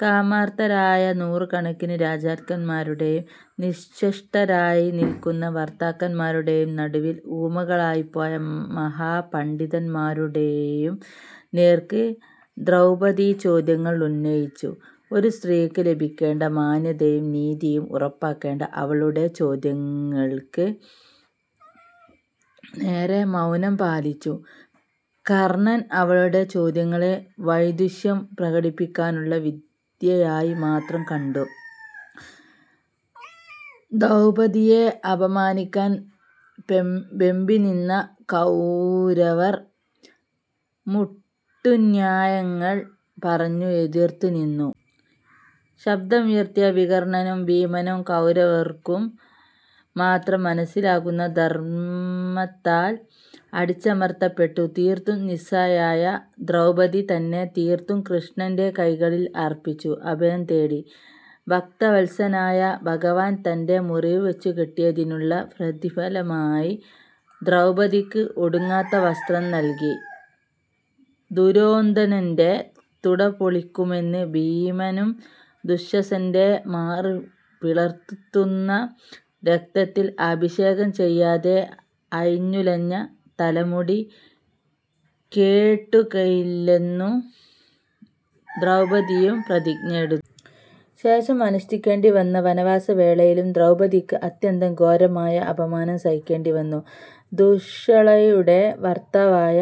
കാമാർത്തരായ നൂറുകണക്കിന് രാജാക്കന്മാരുടെയും, നിശ്ചെഷ്ടരായി നിൽകുന്ന ഭർത്താക്കന്മാരുടേയും നടുവിൽ ഊമകളായിപ്പോയ മഹാപണഡിതന്മാരുടെയും നേർക്ക് ദ്രൗപദി ചോദ്യങ്ങൾ ഉന്നയിച്ചു. ഒരു സ്ത്രീക്ക് ലഭിക്കേണ്ട മാന്യതയും നീതിയും ഉറപ്പാക്കേണ്ട അവളുടെ ചോദ്യങ്ങൾക്ക് നേരെ മൌനം പാലിച്ചു. കർണൻ അവളുടെ ചോദ്യങ്ങളെ വൈദുഷ്യം പ്രകടിപ്പിക്കാനുള്ള വിദ്യയായി മാത്രം കണ്ടു. ദ്രൗപദിയെ അപമാനിക്കാൻ വെമ്പിനിന്ന കൗരവർ മുട്ടുന്യായങ്ങൾ പറഞ്ഞു എതിർത്ത് നിന്നു. ശബ്ദമുയർത്തിയ വികർണനും ഭീമനും കൗരവർക്കു മാത്രം മനസ്സിലാകുന്ന ധർമ്മത്താൽ അടിച്ചമർത്തപ്പെട്ടു തീർത്തും നിസ്സഹായയായ ദ്രൗപദി തന്നെ തീർത്തും കൃഷ്ണൻറെ കൈകളിൽ അർപ്പിച്ചു അഭയം തേടി. ഭക്തവത്സലനായ ഭഗവാൻ തൻറെ മുറിവ് വെച്ചു കെട്ടിയതിനുള്ള പ്രതിഭലമായി ദ്രൗപദിക്ക് ഒടുങ്ങാത്ത വസ്ത്രം നൽകി. ദുര്യോധനൻറെ തുട പൊളിക്കുമെന്ന് ഭീമനും ദുശ്ശസനൻറെ മാറ് പിളർന്നെടുത്ത രക്തത്തിൽ അഭിഷേകം ചെയ്യാതെ അഴിഞ്ഞുലഞ്ഞ തലമുടി കേട്ടുകയില്ലെന്നു ദ്രൗപദിയും പ്രതിജ്ഞയെടുത്തു. ശേഷം അനുഷ്ടിക്കെണ്ടിവന്ന വനവാസ വേളയിലും ദ്രൗപദിക്ക് അത്യന്തം ഘോരമായ അപമാനം സഹിക്കേണ്ടിവന്നു. ദുശ്ശളയുടെ ഭർത്താവായ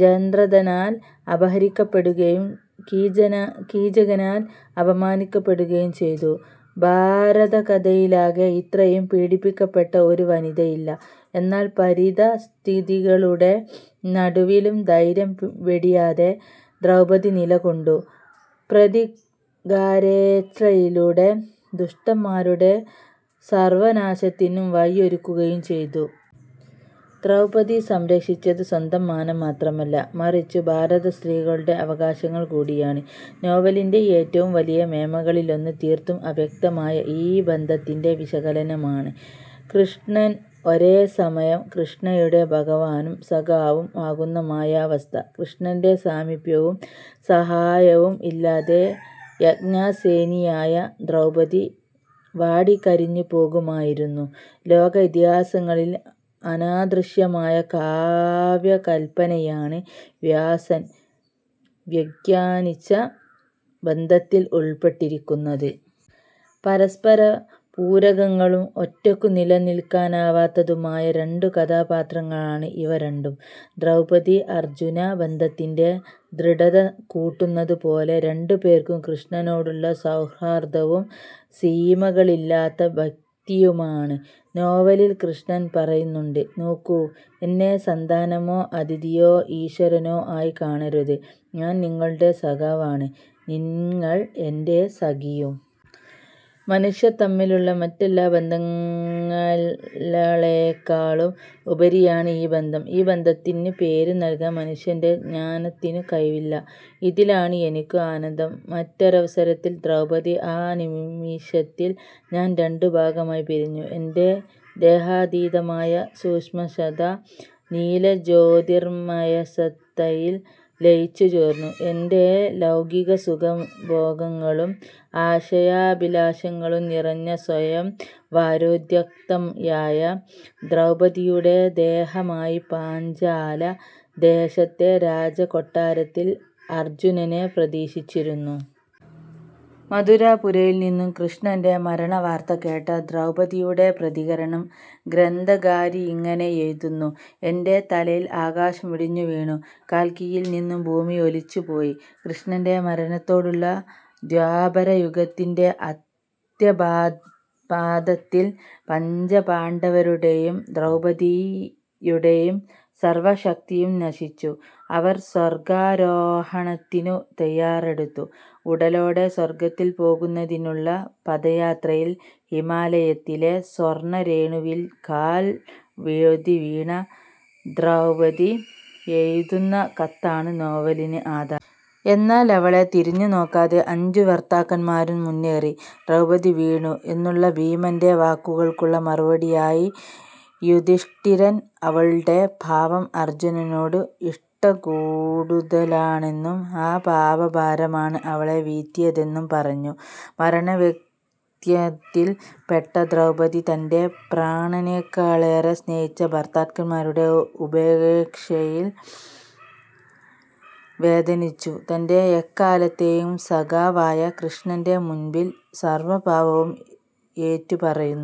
ജയദ്രഥനാൽ അപഹരിക്കപ്പെടുകയും കീചകനാൽ അപമാനിക്കപ്പെടുകയും ചെയ്തു. ഭാരതകഥയിലാകെ ഇത്രയും പീഡിപ്പിക്കപ്പെട്ട ഒരു വനിതയില്ല. എന്നാൽ പരിതഃസ്ഥിതികളുടെ നടുവിലും ധൈര്യം വെടിയാതെ ദ്രൗപദി നിലകൊണ്ടു. പ്രതികാരേച്ഛയിലൂടെ ദുഷ്ടന്മാരുടെ സർവനാശത്തിനു വഴിയൊരുക്കുകയും ചെയ്തു. ദ്രൗപദി സംരക്ഷിച്ചത് സ്വന്തം മാനം മാത്രമല്ല, മറിച്ചു ഭാരതസ്ത്രീകളുടെ അവകാശങ്ങൾ കൂടിയാണ്. നോവലിൻറെ ഏറ്റവും വലിയ മേന്മകളിലൊന്ന് തീർത്തും അവ്യക്തമായ ഈ ബന്ധത്തിൻറെ വിശകലനമാണ. കൃഷ്ണൻ ഒരേ സമയം കൃഷ്ണയുടെ ഭഗവാനും സഖാവും ആകുന്ന മായാവസ്ഥ. കൃഷ്ണന്റെ സാമീപ്യവും സഹായവും ഇല്ലാതെ യാജ്ഞാസേനിയായ ദ്രൌപദി വാടിക്കരിഞ്ഞുപോകുമായിരുന്നു. ലോക ഇതിഹാസങ്ങളിൽ അനാദൃശ്യമായ കാവ്യകല്പനയാണ് വ്യാസൻ വ്യഘ്യനിച്ച ബന്ധത്തിൽ ഉൾപ്പെട്ടിരിക്കുന്നത്. പരസ്പര പൂരകങ്ങളും ഒറ്റക്കു നിലനിൽക്കാനാവാത്തതുമായ രണ്ടു കഥാപാത്രങ്ങളാണ് ഇവ രണ്ടും. ദ്രൗപദി -അർജുന ബന്ധത്തിൻറെ ദൃഡത കൂട്ടുന്നതുപോലും രണ്ടുപേർക്കും കൃഷ്ണനോടുള്ള സൌഹാർദ്ധവും സീമകളില്ലാത്ത ഭക്തിയുമാണ്. നോവലിൽ കൃഷ്ണൻ പറയുന്നുണ്ട് "നോക്കൂ, എന്നെ സന്താനമോ, അതിഥിയോ ഈശ്വരനോ ആയി കാണരുത്. ഞാൻ നിങ്ങളുടെ സഖാവാണ്. നിങ്ങൾ എൻറെ സഖിയും. മനുഷ്യർ തമ്മിലുള്ള മറ്റെല്ലാ ബന്ധങ്ങലളെക്കാളും ഉപരിയാണ് ഈ ബന്ധം. ഈ ബന്ധത്തിന് പേര് നല്കാൻ മനുഷ്യൻറെ ജ്ഞാനത്തിനു കഴിവില്ല. ഇതിലാണ് എനിക്ക് ആനന്ദം". മറ്റൊരവസരത്തിൽ ദ്രൗപദി "ആ നിമിഷത്തിൽ ഞാൻ രണ്ടു ഭാഗമായി പിരിഞ്ഞു. എൻറെ ദേഹാതീതമായ സൂക്ഷ്മസത്ത നീലജ്യോതിർമയസത്തയിൽ ലയിച്ചുചേർന്നു. എൻറെ ലൌകിക സുഖഭോഗങ്ങളും ആശയാഭിലാഷങ്ങളും നിറഞ്ഞ സ്വയംവരോദ്യുക്തയായ ദ്രൌപദിയുടെ ദേഹമായി പാഞ്ചാല ദേശത്തെ രാജകൊട്ടാരത്തിൽ അർജുനനെ പ്രതീക്ഷിച്ചിരുന്നു". മഥുരാപുരിയിൽനിന്നു കൃഷ്ണൻറെ മരണവാർത്ത കേട്ട ദ്രൌപദിയുടെ പ്രതികരണം ഗ്രന്ഥകാരി ഇങ്ങനെ എഴുതുന്നു "എൻറെ തലയിൽ ആകാശം ഇടിഞ്ഞുവീണു. കാൽക്കീഴിൽനിന്നു ഭൂമി ഒലിച്ചുപോയി". കൃഷ്ണൻറെ മരണത്തോടുള്ള ദ്വാപരയുഗത്തിൻറെ അന്ത്യപാദത്തിൽ പഞ്ചപാണ്ഡവരുടെയും ദ്രൗപദി യുടെയും സർവശക്തിയും നശിച്ചു. അവർ സ്വർഗാരോഹണത്തിനു തയ്യാറെടുത്തു. ഉടലോടെ സ്വർഗത്തിൽ പോകുന്നതിനുള്ള പദയാത്രയിൽ ഹിമാലയത്തിലെ സ്വർണ്ണരേണുവിൽ കാൽ വഴുതിവീണ ദ്രൗപദി എഴുതുന്ന കത്താണ് നോവലിന് ആധാരം. എന്നാൽ അവളെ തിരിഞ്ഞുനോക്കാതെ അഞ്ചു ഭർത്താക്കന്മാരും മുന്നേറി. ദ്രൗപദി വീണു എന്നുള്ള ഭീമൻറെ വാക്കുകൾക്കുള്ള മറുപടിയായി യുധിഷ്ടിരൻ അവളുടെ പാപം അർജുനനോടുള്ള ഇഷ്ടക്കൂടുതലാണെന്നും ആ പാപഭാരമാണ് അവളെ വീഴ്ത്തിയതെന്നും പറഞ്ഞു. മരണവക്ത്രത്തിൽ പെട്ട ദ്രൗപദി തൻറെ പ്രാണനെക്കാളെറെ സ്നേഹിച്ച ഭർത്താക്കന്മാരുടെ ഉപേക്ഷയിൽ വേദനിച്ചു തൻറെ എക്കാലത്തെയും സഖാവായ കൃഷ്ണൻറെ മുൻപിൽ സർവ പാപവും ഏറ്റു പറയുന്നു.